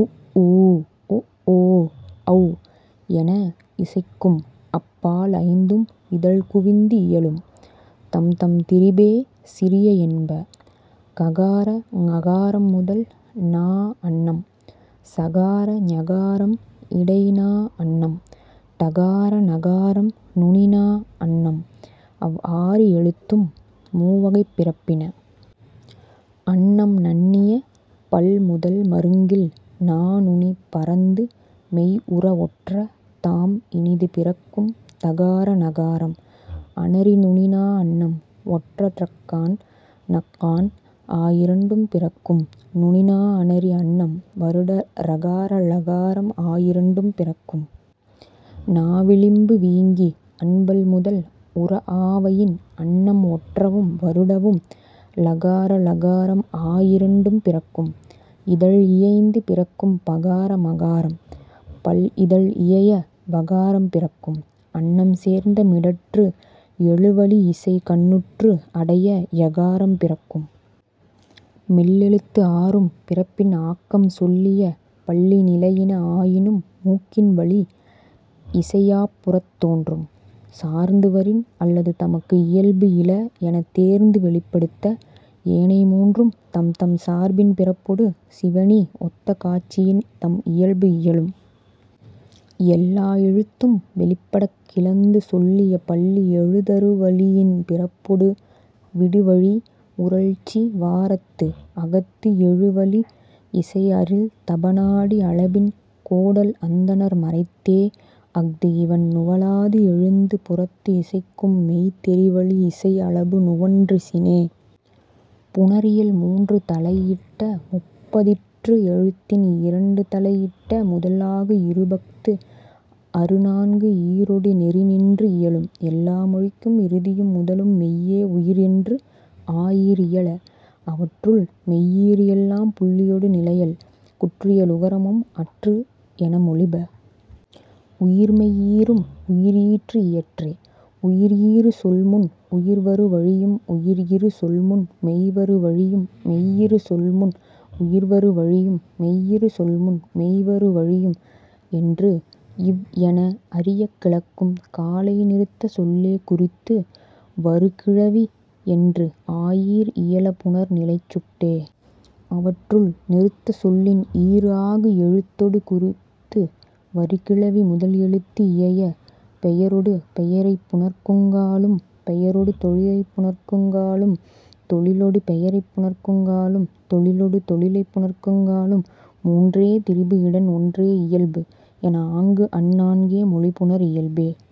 உ ஊ ஒ ஓ ஔ என இசைக்கும் அப் பால் ஐந்தும் இதழ் குவிந்து இயலும். தம்தம் திரிபே சிறிய என்ப. ககார ஙகாரம் முதல் நா அண்ணம். சகார ஞகாரம் இடை நா அண்ணம். டகார ணகாரம் நுனி நா அண்ணம். அவ் ஆறு எழுத்தும் மூ வகைப் பிறப்பின. அண்ணம் நண்ணிய பல் முதல் மருங்கில் நா நுனி பரந்து மெய் உற ஒற்ற தாம் இனிது பிறக்கும் தகார நகாரம். அணரி நுனி நா அண்ணம் ஒற்ற றஃகான் னஃகான் ஆயிரண்டும் பிறக்கும். நுனி நா அணரி அண்ணம் வருட ரகார ழகாரம் ஆயிரண்டும் பிறக்கும். நா விளிம்பு வீங்கி அண்பல் முதல் உற ஆவயின் அண்ணம் ஒற்றவும் வருடவும் லகார ளகாரம் ஆயிரண்டும் பிறக்கும். இதழ் இயைந்து பிறக்கும் பகார மகாரம். பல் இதழ் இயைய வகாரம் பிறக்கும். அண்ணம் சேர்ந்த மிடற்று எழு வளி இசை கண்ணுற்று அடைய யகாரம் பிறக்கும். மெல்லெழுத்து ஆறும் பிறப்பின் ஆக்கம் சொல்லிய பள்ளி நிலையின ஆயினும் மூக்கின் வளி இசை யாப்புறத் தோன்றும். சார்ந்து வரின் அல்லது தமக்கு இயல்பு இல எனத் தேர்ந்து வெளிப்படுத்த ஏனை மூன்றும் தம்தம் சார்பின் பிறப்பொடு சிவணி ஒத்த காட்சியின் தம் இயல்பு இயலும். எல்லா எழுத்தும் வெளிப்படக் கிளந்து சொல்லிய பள்ளி எழுதரு வளியின் பிறப்பொடு விடுவழி உறழ்ச்சி வாரத்து அகத்து எழு வளி இசை அரில் தப நாடி அளபின் கோடல் அந்தணர் மறைத்தே. அஃது இவண் நுவலாது எழுந்து புறத்து இசைக்கும் மெய் தெரி வளி இசை அளபு நுவன்றிசினே.. புணரியல் மூன்று தலை இட்ட முப்பதிற்று எழுத்தின் இரண்டு தலை இட்ட முதல் ஆகு இருபஃது அறு நான்கு ஈறொடு நெறி நின்று இயலும் எல்லா மொழிக்கும் இறுதியும் முதலும் மெய்யே உயிர் என்று ஆயீர் இயல. அவற்றுள், மெய் ஈறு எல்லாம் புள்ளியொடு-நிலையல். குற்றியலுகரமும் அற்று என மொழிப. உயிர்மெய் ஈறும் உயிர் ஈற்று இயற்றே. உயிர் இறு சொல் முன் உயிர் வரு வழியும் உயிர் இறு சொல் முன் மெய் வரு வழியும் மெய் இறு சொல் முன் உயிர் வரு வழியும் மெய் இறு சொல் முன் மெய் வரு வழியும் என்று இவ் என அறியக் கிளக்கும் காலை நிறுத்த சொல்லே குறித்து வரு கிளவி என்று ஆயீர் இயல புணர் நிலைச் சுட்டே. அவற்றுள், நிறுத்த சொல்லின் ஈறு ஆகு எழுத்தொடு குறித்து வரு கிளவி முதல் எழுத்து இயைய பெயரொடு பெயரைப் புணர்க்குங் காலும் பெயரொடு தொழிலைப் புணர்க்குங் காலும் தொழிலொடு பெயரைப் புணர்க்குங் காலும் தொழிலொடு தொழிலைப் புணர்க்குங் காலும் மூன்றே திரிபு இடன் ஒன்றே இயல்பு என ஆங்கு அந் நான்கே மொழி புணர் இயல்பே.